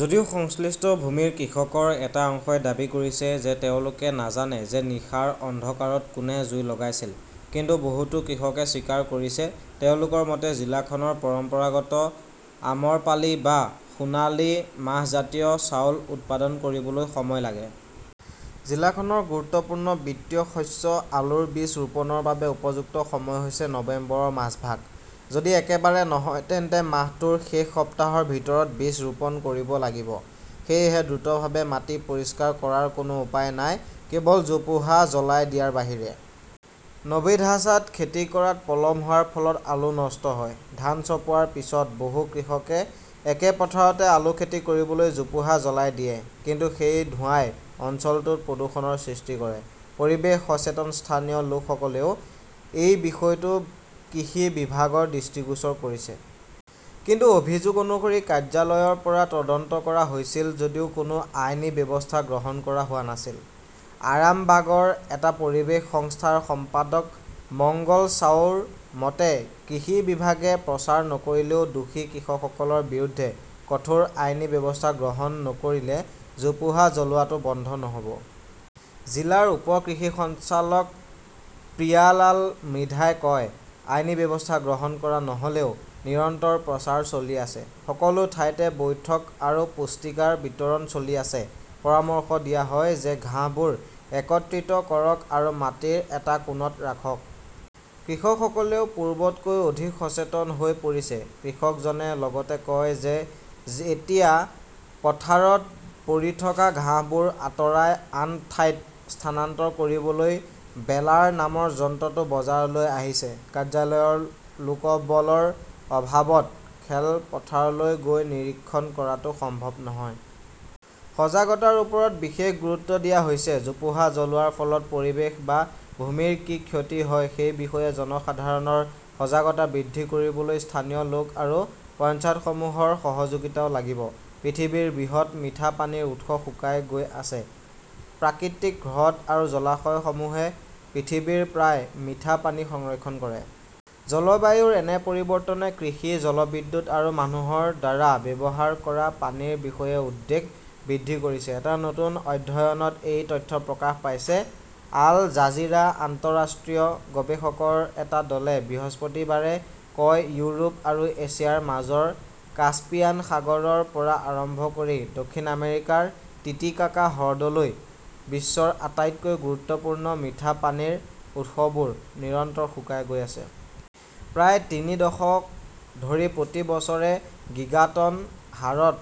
যদিও সংশ্লিষ্ট ভূমিৰ কৃষকৰ এটা অংশই দাবী কৰিছে যে তেওঁলোকে নাজানে যে নিশাৰ অন্ধকাৰত কোনে জুই লগাইছিল। কিন্তু বহুতো কৃষকে স্বীকাৰ কৰিছে। তেওঁলোকৰ মতে, জিলাখনৰ পৰম্পৰাগত আমৰপালি বা সোণালী মাহজাতীয় চাউল উৎপাদন কৰিবলৈ সময় লাগে। জিলাখনৰ গুৰুত্বপূৰ্ণ বিত্তীয় শস্য আলুৰ বীজ ৰোপণৰ বাবে উপযুক্ত সময় হৈছে নৱেম্বৰৰ মাজভাগ। যদি একেবাৰে নহয়, তেন্তে মাহটোৰ শেষ সপ্তাহৰ ভিতৰত বীজ ৰোপণ কৰিব লাগিব। সেয়েহে দ্ৰুতভাৱে মাটি পৰিষ্কাৰ কৰাৰ কোনো উপায় নাই কেৱল জোপোহা জ্বলাই দিয়াৰ বাহিৰে। নভিধাছাত খেতি কৰাত পলম হোৱাৰ ফলত আলু নষ্ট হয়। ধান চপোৱাৰ পিছত বহু কৃষকে একে পথাৰতে আলু খেতি কৰিবলৈ জোপোহা জ্বলাই দিয়ে। কিন্তু সেই ধোঁৱাই অঞ্চলটোত প্ৰদূষণৰ সৃষ্টি কৰে। পৰিৱেশ সচেতন স্থানীয় লোকসকলেও এই বিষয়টো কৃষি বিভাগৰ দৃষ্টিগোচৰ কৰিছে। কিন্তু অভিযোগ অনুসৰি কাৰ্যালয়ৰ পৰা তদন্ত কৰা হৈছিল যদিও কোনো আইনী ব্যৱস্থা গ্ৰহণ কৰা হোৱা নাছিল। আৰামবাগৰ এটা পৰিৱেশ সংস্থাৰ সম্পাদক মঙ্গল চাউৰ মতে, "কৃষি বিভাগে প্ৰচাৰ নকৰিলেও দোষী কৃষকসকলৰ বিৰুদ্ধে কঠোৰ আইনী ব্যৱস্থা গ্ৰহণ নকৰিলে জোপোহা জ্বলোৱাটো বন্ধ নহ'ব। জিলাৰ উপ-কৃষি সঞ্চালক প্ৰিয়ালাল মৃধাই কয়। আইনী ব্যৱস্থা গ্ৰহণ কৰা নহ"লেও নিৰন্তৰ প্ৰচাৰ চলি আছে । সকলো ঠাইতে বৈঠক আৰু পুস্তিকাৰ বিতৰণ চলি আছে। পৰামৰ্শ দিয়া হয় যে ঘাঁহবোৰ একত্ৰিত কৰক আৰু মাটিৰ এটা কোণত ৰাখক। কৃষকসকলেও পূৰ্বতকৈ অধিক সচেতন হৈ পৰিছে। কৃষকজনে লগতে কয় যে এতিয়া পথাৰত পৰি থকা ঘাঁহবোৰ আঁতৰাই আন ঠাইত স্থানান্তৰ কৰিবলৈ 'বেলাৰ' নামৰ যন্ত্ৰটো বজাৰলৈ আহিছে। কাৰ্যালয়ৰ লোকবলৰ অভাৱত খেলপথাৰলৈ গৈ নিৰীক্ষণ কৰাটো সম্ভৱ নহয়। সজাগতাৰ ওপৰত বিশেষ গুৰুত্ব দিয়া হৈছে। জোপোহা জ্বলোৱাৰ ফলত পৰিৱেশ বা ভূমিৰ কি ক্ষতি হয় সেই বিষয়ে জনসাধাৰণৰ সজাগতা বৃদ্ধি কৰিবলৈ স্থানীয় লোক আৰু পঞ্চায়তসমূহৰ সহযোগিতাও লাগিব। পৃথিৱীৰ বৃহৎ মিঠা পানীৰ উৎস শুকাই গৈ আছে প্ৰাকৃতিক হ্ৰদ আৰু জলাশয়সমূহে পৃথিৱীৰ প্ৰায় মিঠা পানী সংৰক্ষণ কৰে। জলবায়ুৰ এনে পৰিৱৰ্তনে কৃষি, জলবিদ্যুৎ আৰু মানুহৰ দ্বাৰা ব্যৱহাৰ কৰা পানীৰ বিষয়ে উদ্বেগ বৃদ্ধি কৰিছে। এটা নতুন অধ্যয়নত এই তথ্য প্ৰকাশ পাইছে। আল-জাজিৰা আন্তঃৰাষ্ট্ৰীয় গৱেষকৰ এটা দলে বৃহস্পতিবাৰে কয় ইউৰোপ আৰু এছিয়াৰ মাজৰ কাস্পিয়ান সাগৰৰ পৰা আৰম্ভ কৰি দক্ষিণ আমেৰিকাৰ টিটিকাকা হ্ৰদলৈকে বিশ্বৰ আটাইতকৈ গুৰুত্বপূৰ্ণ মিঠা পানীৰ উৎসবোৰ নিৰন্তৰ শুকাই গৈ আছে । প্ৰায় তিনি দশক ধৰি প্ৰতি বছৰে গিগাটন হাৰত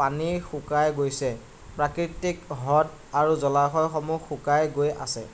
পানী শুকাই গৈছে। প্ৰাকৃতিক হ্ৰদ আৰু জলাশয়সমূহ শুকাই গৈ আছে।